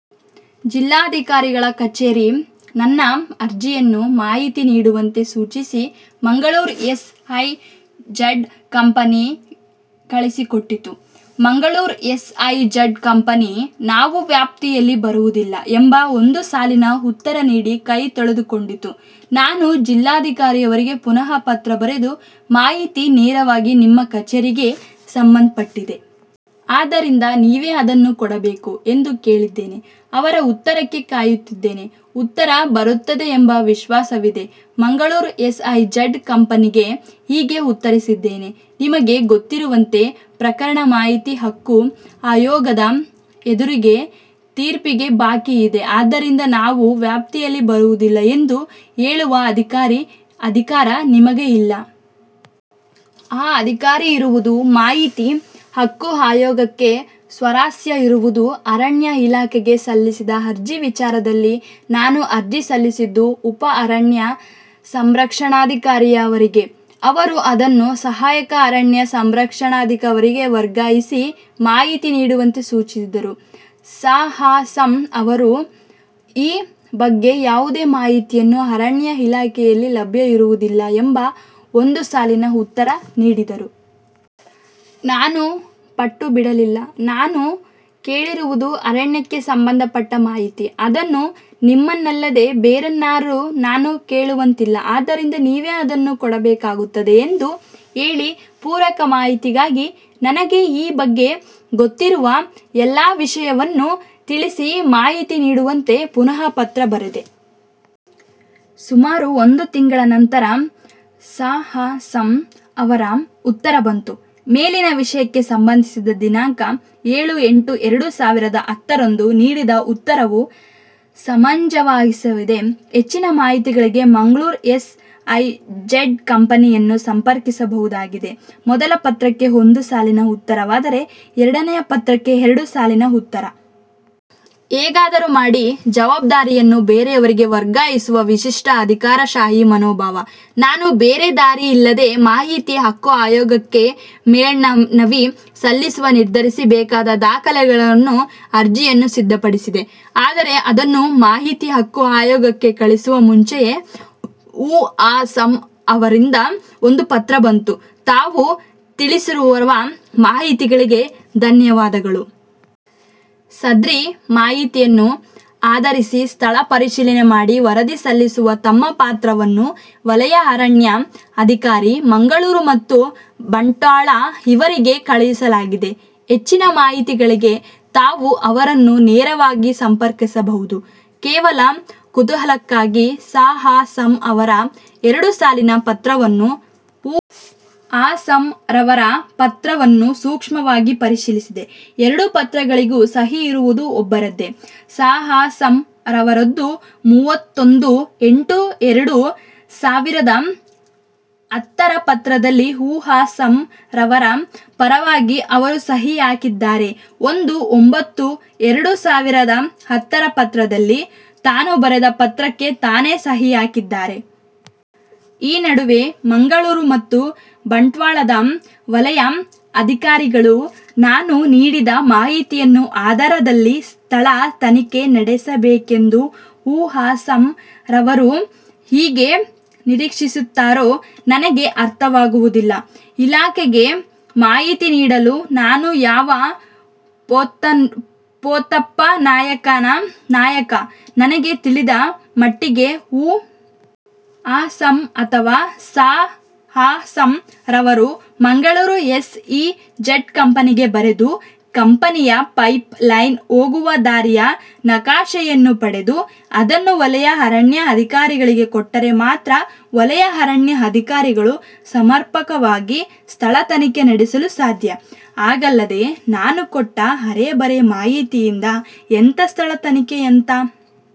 ಜಿಲ್ಲಾಧಿಕಾರಿಗಳ ಕಛೇರಿ ನನ್ನ ಅರ್ಜಿಯನ್ನು-ಮಾಹಿತಿ ನೀಡುವಂತೆ ಸೂಚಿಸಿ-ಮಂಗಳೂರು ಎಸ್ ಇ ಝಡ್ ಕಂಪೆನಿಗೆ ಕಳಿಸಿಕೊಟ್ಟಿತು. Mangaluru S E Z company "ನಾವು ವ್ಯಾಪ್ತಿಯಲ್ಲಿ ಬರುವುದಿಲ್ಲ" ಎಂಬ ಒಂದು ಸಾಲಿನ ಉತ್ತರ ನೀಡಿ ಕೈ ತೊಳೆದುಕೊಂಡಿತು. ನಾನು ಜಿಲ್ಲಾಧಿಕಾರಿಯವರಿಗೆ ಪುನಃ ಪತ್ರ ಬರೆದು "ಮಾಹಿತಿ ನೇರವಾಗಿ ನಿಮ್ಮ ಕಛೇರಿಗೆ ಸಂಬಂಧಪಟ್ಟಿದೆ. ಆದ್ದರಿಂದ ನೀವೇ ಅದನ್ನು ಕೊಡಬೇಕು" ಎಂದು ಕೇಳಿದ್ದೇನೆ. ಅವರ ಉತ್ತರಕ್ಕೆ ಕಾಯುತ್ತಿದ್ದೇನೆ. ಉತ್ತರ ಬರುತ್ತದೆ ಎಂಬ ವಿಶ್ವಾಸವಿದೆ. ಮಂಗಳೂರು ಎಸ್ ಇ ಝಡ್ ಕಂಪೆನಿಗೆ ಹೀಗೆ ಉತ್ತರಿಸಿದ್ದೇನೆ: "ನಿಮಗೆ ಗೊತ್ತಿರುವಂತೆ ಪ್ರಕರಣ ಮಾಹಿತಿ ಹಕ್ಕು ಆಯೋಗದ ಎದುರಿಗೆ ತೀರ್ಪಿಗೆ ಬಾಕಿ ಇದೆ. ಆದ್ದರಿಂದ "ನಾವು ವ್ಯಾಪ್ತಿಯಲ್ಲಿ ಬರುವುದಿಲ್ಲ" ಎಂದು ಹೇಳುವ ಅಧಿಕಾರ ನಿಮಗೆ ಇಲ್ಲ. ಆ ಅಧಿಕಾರ ಇರುವುದು ಮಾಹಿತಿ ಹಕ್ಕು ಆಯೋಗಕ್ಕೆ" ಸ್ವಾರಸ್ಯ ಇರುವುದು ಅರಣ್ಯ ಇಲಾಖೆಗೆ ಸಲ್ಲಿಸಿದ ಅರ್ಜಿ ವಿಚಾರದಲ್ಲಿ. ನಾನು ಅರ್ಜಿ ಸಲ್ಲಿಸಿದ್ದು ಉಪ ಅರಣ್ಯ ಸಂರಕ್ಷಣಾಧಿಕಾರಿಯವರಿಗೆ. ಅವರು ಅದನ್ನು ಸಹಾಯಕ ಅರಣ್ಯ ಸಂರಕ್ಷಣಾಧಿಕಾರಿಯವರಿಗೆ ವರ್ಗಾಯಿಸಿ, ಮಾಹಿತಿ ನೀಡುವಂತೆ ಸೂಚಿಸಿದರು. ಸ. ಅ. ಸಂ. ರವರು "ಈ ಬಗ್ಗೆ ಯಾವುದೇ ಮಾಹಿತಿಯು ಅರಣ್ಯ ಇಲಾಖೆಯಲ್ಲಿ ಲಭ್ಯವಿರುವುದಿಲ್ಲ" ಎಂಬ ಒಂದು ಸಾಲಿನ ಉತ್ತರ ನೀಡಿದರು. ನಾನು ಪಟ್ಟು ಬಿಡಲಿಲ್ಲ. "ನಾನು ಕೇಳಿರುವುದು ಅರಣ್ಯಕ್ಕೆ ಸಂಬಂಧಪಟ್ಟ ಮಾಹಿತಿ. ಅದನ್ನು ನಿಮ್ಮನ್ನಲ್ಲದೆ ಬೇರಾರನ್ನೂ ನಾನು ಕೇಳುವಂತಿಲ್ಲ. ಆದ್ದರಿಂದ ನೀವೇ ಅದನ್ನು ಕೊಡಬೇಕಾಗುತ್ತದೆ" ಎಂದು ಹೇಳಿ ಪೂರಕ ಮಾಹಿತಿಯಾಗಿ, ನನಗೆ ಈ ಬಗ್ಗೆ ಗೊತ್ತಿರುವ ಎಲ್ಲ ವಿಷಯವನ್ನೂ ತಿಳಿಸಿ, ಮಾಹಿತಿ ನೀಡುವಂತೆ ಪುನಃ ಪತ್ರ ಬರೆದೆ. ಸುಮಾರು ಒಂದು ತಿಂಗಳ ನಂತರ ಸ. ಅ. ಸಂ. ರವರ ಉತ್ತರ ಬಂತು: "ಮೇಲಿನ ವಿಷಯಕ್ಕೆ ಸಂಬಂಧಿಸಿ ದಿನಾಂಕ ಎಳು -ಎಂಟು-ಎರಡು ಸಾವಿರದ ಹತ್ತರಂದು ನೀಡಿದ ಉತ್ತರವು ಸಮಂಜಸವಾಗಿದೆ. ಹೆಚ್ಚಿನ ಮಾಹಿತಿಗಳಿಗೆ ಮಂಗಳೂರು ಎಸ್ ಇ ಝಡ್ ಕಂಪೆನಿಯನ್ನು ಸಂಪರ್ಕಿಸಬಹುದಾಗಿದೆ". ಮೊದಲ ಪತ್ರಕ್ಕೆ ಒಂದು ಸಾಲಿನ ಉತ್ತರವಾದರೆ, ಎರಡನೆಯದಕ್ಕೆ ಎರಡು ಸಾಲಿನ ಉತ್ತರ! ಹೇಗಾದರೂ ಮಾಡಿ ಜವಾಬ್ದಾರಿಯನ್ನು ಬೇರೆಯವರಿಗೆ ವರ್ಗಾಯಿಸುವ ವಿಶಿಷ್ಟ ಅಧಿಕಾರಶಾಹಿ ಮನೋಭಾವ. ನಾನು ಬೇರೆ ದಾರಿ ಇಲ್ಲದೆ, ಮಾಹಿತಿ ಹಕ್ಕು ಆಯೋಗಕ್ಕೆ ಮೇಲ್ಮನವಿ ಸಲ್ಲಿಸಲು ನಿರ್ಧರಿಸಿ ಬೇಕಾದ ದಾಖಲೆಗಳನ್ನೂ, ಅರ್ಜಿಯನ್ನೂ ಸಿದ್ದಪಡಿಸಿದೆ. ಆದರೆ ಅದನ್ನು ಮಾಹಿತಿ ಹಕ್ಕು ಆಯೋಗಕ್ಕೆ ಕಳಿಸುವ ಮುಂಚೆಯೇ ಉ. ಅ. ಸಂ. ರವರಿಂದ ಒಂದು ಪತ್ರ ಬಂತು: "ತಾವು ತಿಳಿಸಿರುವ ಮಾಹಿತಿಗಳಿಗೆ ಧನ್ಯವಾದಗಳು. ಸದ್ರಿ ಮಾಹಿತಿಯನ್ನು ಆಧರಿಸಿ ಸ್ಥಳ ಪರಿಶೀಲನೆ ಮಾಡಿ ವರದಿ ಸಲ್ಲಿಸಲು ತಮ್ಮ ಪತ್ರವನ್ನು ವಲಯ ಅರಣ್ಯ ಅಧಿಕಾರಿ, ಮಂಗಳೂರು ಮತ್ತು ಬಂಟ್ವಾಳ ಇವರಿಗೆ ಕಳುಹಿಸಲಾಗಿದೆ. ಹೆಚ್ಚಿನ ಮಾಹಿತಿಗಳಿಗೆ ತಾವು ಅವರನ್ನು ನೇರವಾಗಿ ಸಂಪರ್ಕಿಸಬಹುದು". ಕೇವಲ ಕುತೂಹಲಕ್ಕಾಗಿ ಸ. ಅ. ಸಂ. ರವರ ಎರಡು ಸಾಲಿನ ಪತ್ರವನ್ನೂ, ಉ. ಅ. ಸಂ. ರವರ ಪತ್ರವನ್ನೂ ಸೂಕ್ಷ್ಮವಾಗಿ ಪರಿಶೀಲಿಸಿದೆ. ಎರಡು ಪತ್ರಗಳಿಗೂ ಸಹಿ ಇರುವುದು ಒಬ್ಬರದ್ದೇ: ಸ. ಅ. ಸಂ. ರವರದ್ದು. ಮೂವತ್ತೊಂದು -ಎಂಟು -ಎರಡು ಸಾವಿರದ ಹತ್ತರ ಪತ್ರದಲ್ಲಿ ಉ. ಅ. ಸಂ. ರವರ ಪರವಾಗಿ ಅವರು ಸಹಿ ಹಾಕಿದ್ದರೆ, ಒಂದು -ಒಂಭತ್ತು-ಎರಡು ಸಾವಿರದ ಹತ್ತರ ಪತ್ರದಲ್ಲಿ ತಾನು ಬರೆದ ಪತ್ರಕ್ಕೆ ತಾನೇ ಸಹಿ ಹಾಕಿದ್ದಾರೆ. ಈ ನಡುವೆ ಮಂಗಳೂರು ಮತ್ತು ಬಂಟ್ವಾಳದ ವಲಯ ಅಧಿಕಾರಿಗಳು ನಾನು ನೀಡಿದ ಮಾಹಿತಿಯ ಆಧಾರದಲ್ಲಿ ಸ್ಥಳ ತನಿಖೆ ನಡೆಸಬೇಕೆಂದು ಉ. ಅ. ಸಂ. ರವರು ಹೇಗೆ ನಿರೀಕ್ಷಿಸುತ್ತಾರೋ ನನಗೆ ಅರ್ಥವಾಗುವುದಿಲ್ಲ. ಇಲಾಖೆಗೆ ಮಾಹಿತಿ ನೀಡಲು ನಾನು ಯಾವ ಪೋತಪ್ಪ ನಾಯಕ? ನನಗೆ ತಿಳಿದ ಮಟ್ಟಿಗೆ ಉ. ಅ. ಸಂ. ಅಥವಾ ಸ. ಅ. ಸಂ. ರವರು ಮಂಗಳೂರು ಎಸ್ ಇ ಝಡ್ ಕಂಪೆನಿಗೆ ಬರೆದು, ಕಂಪೆನಿಯ ಪೈಪ್ ಲೈನ್ ಹೋಗುವ ದಾರಿಯ ನಕಾಶೆಯನ್ನು ಪಡೆದು, ಅದನ್ನು ವಲಯ ಅರಣ್ಯ ಅಧಿಕಾರಿಗಳಿಗೆ ಕೊಟ್ಟರೆ ಮಾತ್ರ ವಲಯ ಅರಣ್ಯ ಅಧಿಕಾರಿಗಳು ಸಮರ್ಪಕವಾಗಿ ಸ್ಥಳ ತನಿಖೆ ನಡೆಸಲು ಸಾಧ್ಯ. ಹಾಗಲ್ಲದೆ ನಾನು ಕೊಟ್ಟ ಅರೆಬರೆ ಮಾಹಿತಿಯಿಂದ ಎಂಥ ಸ್ಥಳ ತನಿಖೆ? ಎಂಥ